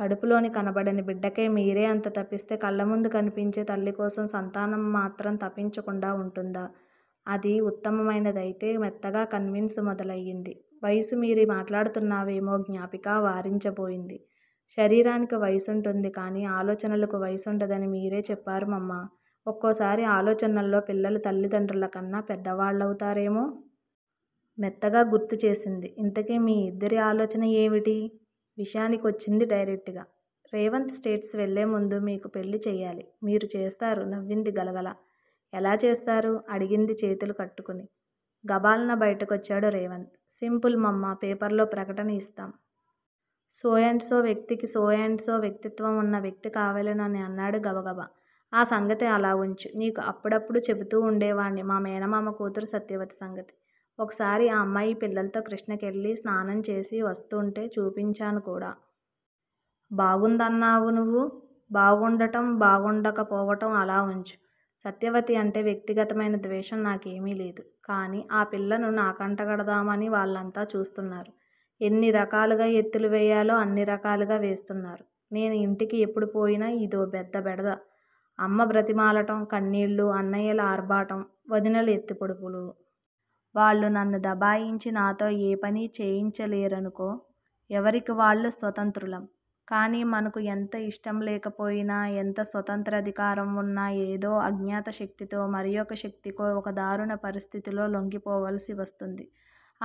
కడుపులోని కనబడని బిడ్డకై మీరే అంత తపిస్తే, కళ్ళముందు కనిపించే తల్లికోసం సంతానం మాత్రం తపించకుండా ఉంటుందా. అది ఉత్తమమైనదైతే! మెత్తగా కన్విన్స్ మొదలయ్యింది. వయసు మీరి మాట్లాడుతున్నావేమో జ్ఞాపికా! వారించబోయింది. శరీరానికి వయసుంటుంది కానీ, ఆలోచనలకు వయసుండందని మీరే చెప్పారు మమ్మా! ఒక్కోసారి ఆలోచనల్లో పిల్లలు తల్లిదండ్రులకన్నా పెద్దవాళ్ళవుతారేమో! మెత్తగా గుర్తుచేసింది. ఇంతకీ మీ ఇద్దరి ఆలోచన ఏవిటీ? విషయానికొచ్చింది డైరెక్ట్ గా. రేవంత్ స్టేట్స్ వెళ్లేముందు మీకు పెళ్ళి చెయ్యాలి! మీరు చేస్తారు? నవ్వింది గలగలా. ఎలా చేస్తారు? అడిగింది చేతులు కట్టుకుని! గభాల్న బయటకొచ్చాడు రేవంత్. సింపుల్ మమ్మా పేపర్ లో ప్రకటన ఇస్తాం! 'సో అండ్ సో వ్యక్తికి- సో అండ్ సో వ్యక్తిత్వం ఉన్న వ్యక్తి కావలెను' అని! అన్నాడు గబగబా. ఆ సంగతి అలావుంచు. నీకు అప్పుడప్పుడూ చెబుతూవుండేవాణ్ణి మా మేనమామ కూతురు సత్యవతి సంగతి. ఒకసారి ఆ అమ్మాయి పిల్లల్తో కృష్ణకెళ్ళి స్నానంచేసి వస్తూంటే చూపించాను కూడా. బాగుందన్నావు నువ్వు. బాగుండటం, బాగుండకపోవటం అలావుంచు. సత్యవతి అంటే వ్యక్తిగతమైన ద్వేషం నాకేమీలేదు. కాని ఆ పిల్లను నాకంటగడదామని వాళ్ళంతా చూస్తున్నారు. ఎన్నిరకాలుగా ఎత్తులు వెయ్యాలో అన్నిరకాలుగా వేస్తున్నారు. నేను ఇంటికి ఎప్పుడుపోయినా ఇదో పెద్ద బెడద. అమ్మ బ్రతిమాలటం, కన్నీళ్ళు, అన్నయ్యల ఆర్భాటం. వదినెల ఎత్తిపొడుపులూ. వాళ్ళు నన్ను దబాయించి నాతో ఏ పనీ చేయించలేరనుకో. ఎవరికి వాళ్ళు స్వతంత్రులం. కాని మనకు ఎంత ఇష్టంలేకపోయినా, ఎంత స్వతంత్రాధికారం వున్నా ఏదో అజ్ఞాతశక్తితో, మరియొకశక్తికో ఒక దారుణ పరిస్థితిలో లొంగిపోవాల్సి వస్తుంది.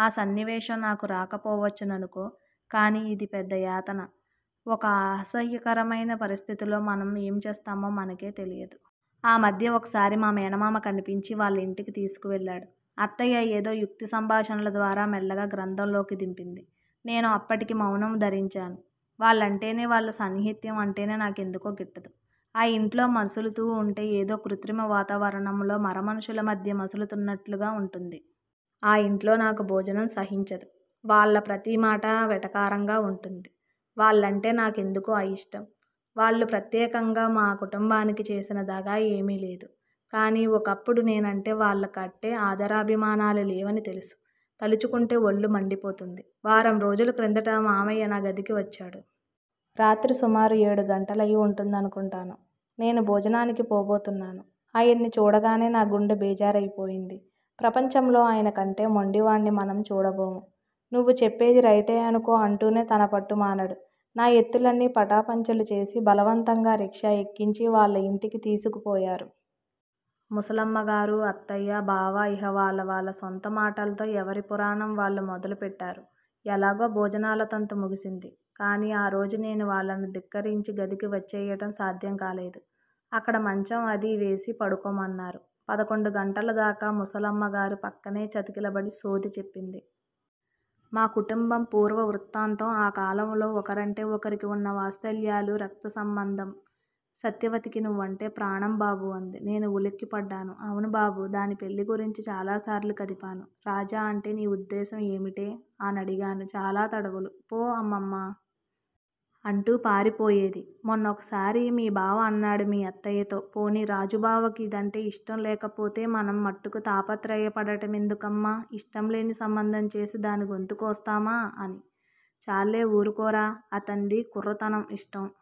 ఆ సన్నివేశం నాకు రాకపోవచ్చుననుకో. కాని ఇది పెద్దయాతన. ఒక అసహ్యకరమైన పరిస్థితిలో మనం ఏంచేస్తామో మనకే తెలియదు. ఆ మధ్య ఒకసారి మా మేనమామ కనిపించి వాళ్ళ ఇంటికి తీసుకువెళ్ళాడు. అత్తయ్య ఏదో యుక్తిసంభాషణల ద్వారా మెల్లగా గ్రంథంలోకి దింపింది. నేను అప్పటికి మౌనం ధరించాను. వాళ్ళంటేనే, వాళ్ళ సాన్నిహిత్యం అంటేనే నా కెందుకో గిట్టదు. ఆ ఇంట్లో మసులుతూంటే ఏదో కృత్రిమ వాతావరణంలో, మరమనుషుల మధ్య మసులుతున్నట్లుగా వుంటుంది. ఆ ఇంట్లో నాకు భోజనం సహించదు. వాళ్ళ ప్రతిమాటా వెటకారంగా వుంటుంది. వాళ్ళంటే నాకెందుకో అయిష్టం. వాళ్ళు ప్రత్యేకంగా మా కుటుంబానికి చేసిన దగా ఏమీలేదు. కాని ఒకప్పుడు నేనంటే వాళ్ళకాట్టే ఆదరాభిమానాలు లేవని తెలుసు. తలుచుకుంటే ఒళ్ళు మండిపోతుంది. వారంరోజుల క్రిందట మామయ్య నా గదికి వచ్చాడు. రాత్రి సుమారు ఏడుగంటలయి వుంటుందనుకుంటాను. నేను భోజనానికి పోబోతున్నాను. ఆయన్ని చూడగానే నా గుండె బేజారయిపోయింది. ప్రపంచంలో ఆయనకంటే మొండివాణ్ని మనం చూడబోము. నువ్వు చెప్పేది రైటే అనుకో అంటూనే తనపట్టు మానడు. నా ఎత్తులన్నీ పటాపంచలుచేసి, బలవంతంగా రిక్షా ఎక్కించి, వాళ్ళ ఇంటికి తీసుకుపోయారు. ముసలమ్మగారు. అత్తయ్యా, బావా, ఇహ వాళ్ళ వాళ్ళ సొంతమాటల్తో ఎవరిపురాణం వాళ్ళు మొదలుపెట్టారు. ఎలాగో భోజనాలతంతు ముగిసింది. కాని ఆరోజు నేను వాళ్ళను ధిక్కరించి గదికి వచ్చెయ్యటం సాధ్యంకాలేదు. అక్కడ మంచం అదీ వేసి పడుకోమన్నారు. పదకొండు గంటలదాకా ముసలమ్మగారు ప్రక్కనే చతికిలబడి సోది చెప్పింది. మా కుటుంబ పూర్వవృత్తాంతం, ఆకాలంలో ఒకరంటే ఒకరికి వున్న వాత్సల్యాలు, రక్తసంబంధం. సత్యవతికి నువ్వంటే ప్రాణంబాబూ! అంది. నేను ఉలిక్కిపడ్డాను. అవును బాబూ! దాని పెళ్ళి గురించి చాలాసార్లు కదిపాను. 'రాజా అంటే నీ ఉద్దేశం ఏమిటే? ' అనడిగాను చాలా తడవలు. 'పో అమ్మమ్మా! ' అంటూ పారిపోయేది. మొన్న ఒకసారి మీ బావ అన్నాడు మీ అత్తయ్యతో 'పోనీ రాజుబావకు ఇదంటే ఇష్టంలేకపోతే మనం మట్టుకు తాపత్రయపడటమెందుకమ్మా? ఇష్టంలేని సంబంధంచేసి దానిగొంతుకోస్తామా? ' అని. 'చాల్లే ఊరుకోరా. అతన్ది కుర్రతనం. ఇష్టం